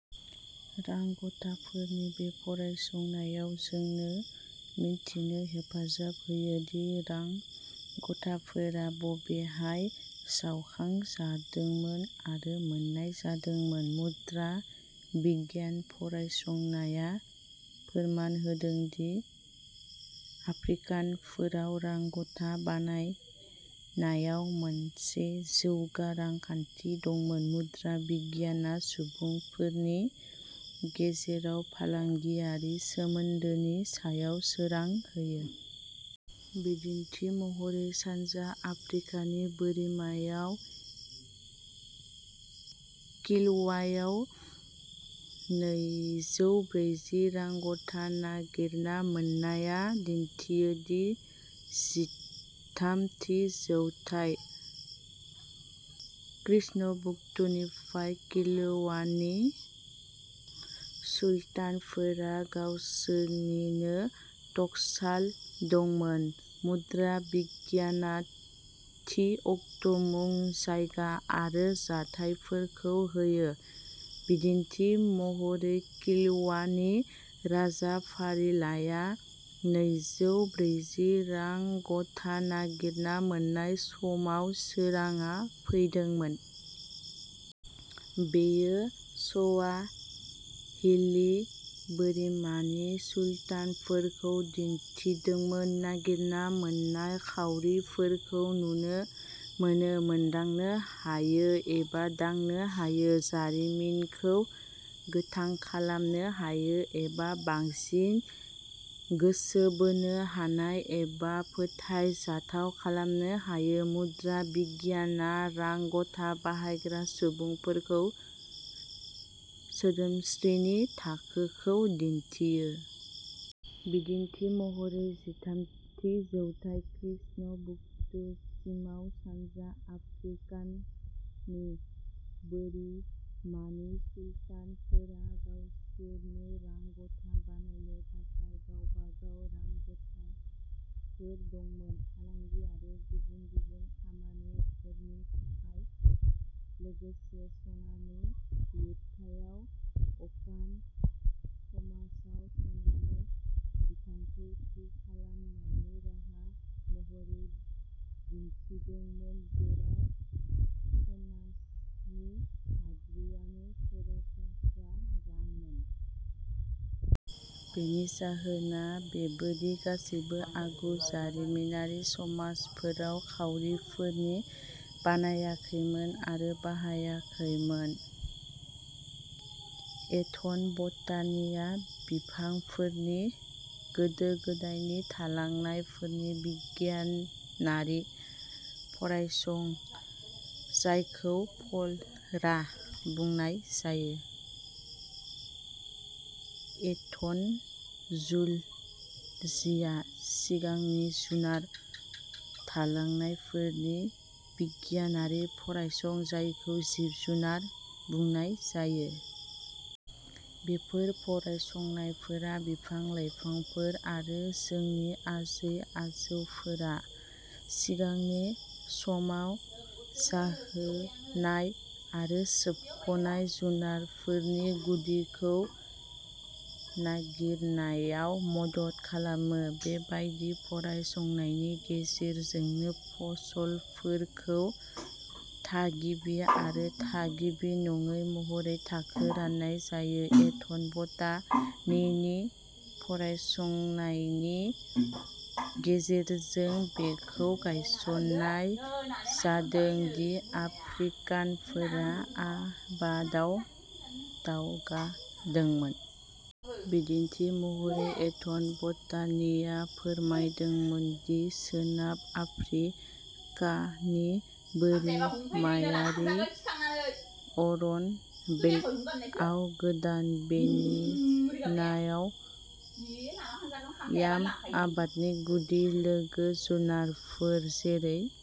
रां गथाफोरनि बे फरायसंनाया जोंनो मिथिनो हेफाजाब होयो दि रां गथाफोरा बबेहाय जावखांजादोंमोन आरो मोन्नाय जादोंमोन। मुद्रा बिगियान फरायसंनाया फोरमान होदों दि आफ्रिकानफोराव रां गथा बानाय नायाव मोनसे जौगा रांखान्थि दंमोन। मुद्रा बिगियानआ सुबुंफोरनि गेजेराव फालांगियारि सोमोन्दोनि सायाव सोरां होयो। बिदिन्थि महरै सानजा आफ्रिकानि बोरिमायाव किलवायाव नैजौ ब्रैजि रां गथा नागिरना मोन्नायआ दिन्थियो दि जिथाम थि जौथाय खृष्णभक्तनिफ्राय किलवानि सुल्तानफोरा गावसोरनिनो टकसाल दंमोन। मुद्रा बिगियानआ थि अक्ट मुं जायगा आरो जाथायफोरखौ होयो। बिदिन्थि महरै किलवानि राजा फारिलाइया नैजौ ब्रैजि रां गथा नागिरना मोन्नाय समाव सोराङा फैदोंमोन। बेयो स्वा हिलि बोरिमानि सुल्तानफोरखौ दिन्थिदोंमोन। नागिरना मोन्नाय खाउरिफोरखौ नुनो मोनो मोनदांनो हायो एबा दांनो हायो जारिमिनखौ गोथां खालामनो हायो एबा बांसिन गोसो बोनो हानाय एबा फोथायजाथाव खालामनो हायो। मुद्रा बिगियानआ रां गथा बाहायग्रा सुबुंफोरखौ सोदोमस्रिनि थाखोखौ दिन्थियो। बिदिन्थि महरै जिथाम थि जौथाय खृष्ण भक्तसिमाव सानजा आफ्रिकानि बोरिमानि सुल्तानफोरहा गावसोरनि रां गथा बानायनो थाखाय गावबागाव रां गथाफोर दंमोन। फालांगि आरो गुबुन गुबुन खामानिफोरनि थाखाय। लोगोसे सनानि लिरथाइया अकान समाजाव सनानि बिबांखौ थि खालामनायनि राहा महरै दिन्थिदोंमोन जेराव सनानि हाद्रिआनो सरासनस्रा रांमोन। बेनि जाहोना बेबो दि गासैबो आगु जारिमिनारि समाजफोराव खाउरिफोर बानायाखैमोन आरो बाहायाखैमोन। एथनबटानिआ बिफांफोरनि गोदो गोदायनि थालांनायफोरनि बिगियानारि फरायसं जायखौ फलरा बुंनाय जायो। एथन'जुल'जिआ सिगांनि जुनार थालांनायफोरनि बिगियानारि फरायसं जायखौ जिब जुनार बुंनाय जायो। बेफोर फरायसंनायफोरा बिफां लाइफांफोर आरो जोंनि आजै आजौफोरा सिगांनि समाव जाहोनाय आरो सोबख'नाय जुनारफोरनि गुदिखौ नागिरनायाव मदद खालामो। बेबादि फरायसंनायनि गेजेरजोंनो फसलफोरखौ थागिबि आरो थागिबि नङै महरै थाखो राननाय जायो। एथन'बटानिनि फरायसंनायनि गेजेरजों बेखौ गायसननाय जादों दि आफ्रिकानफोरा आबादाव दावगादोंमोन। बिदिन्थि महरै एथन'बटानिआ फोरमायदोंमोन दि सोनाब आफ्रिकानि बोरिमायारि अरन बेल्टआव गोदान बेननायाव याम आबादनि गुदि लोगोसे जुनारफोर जेरै --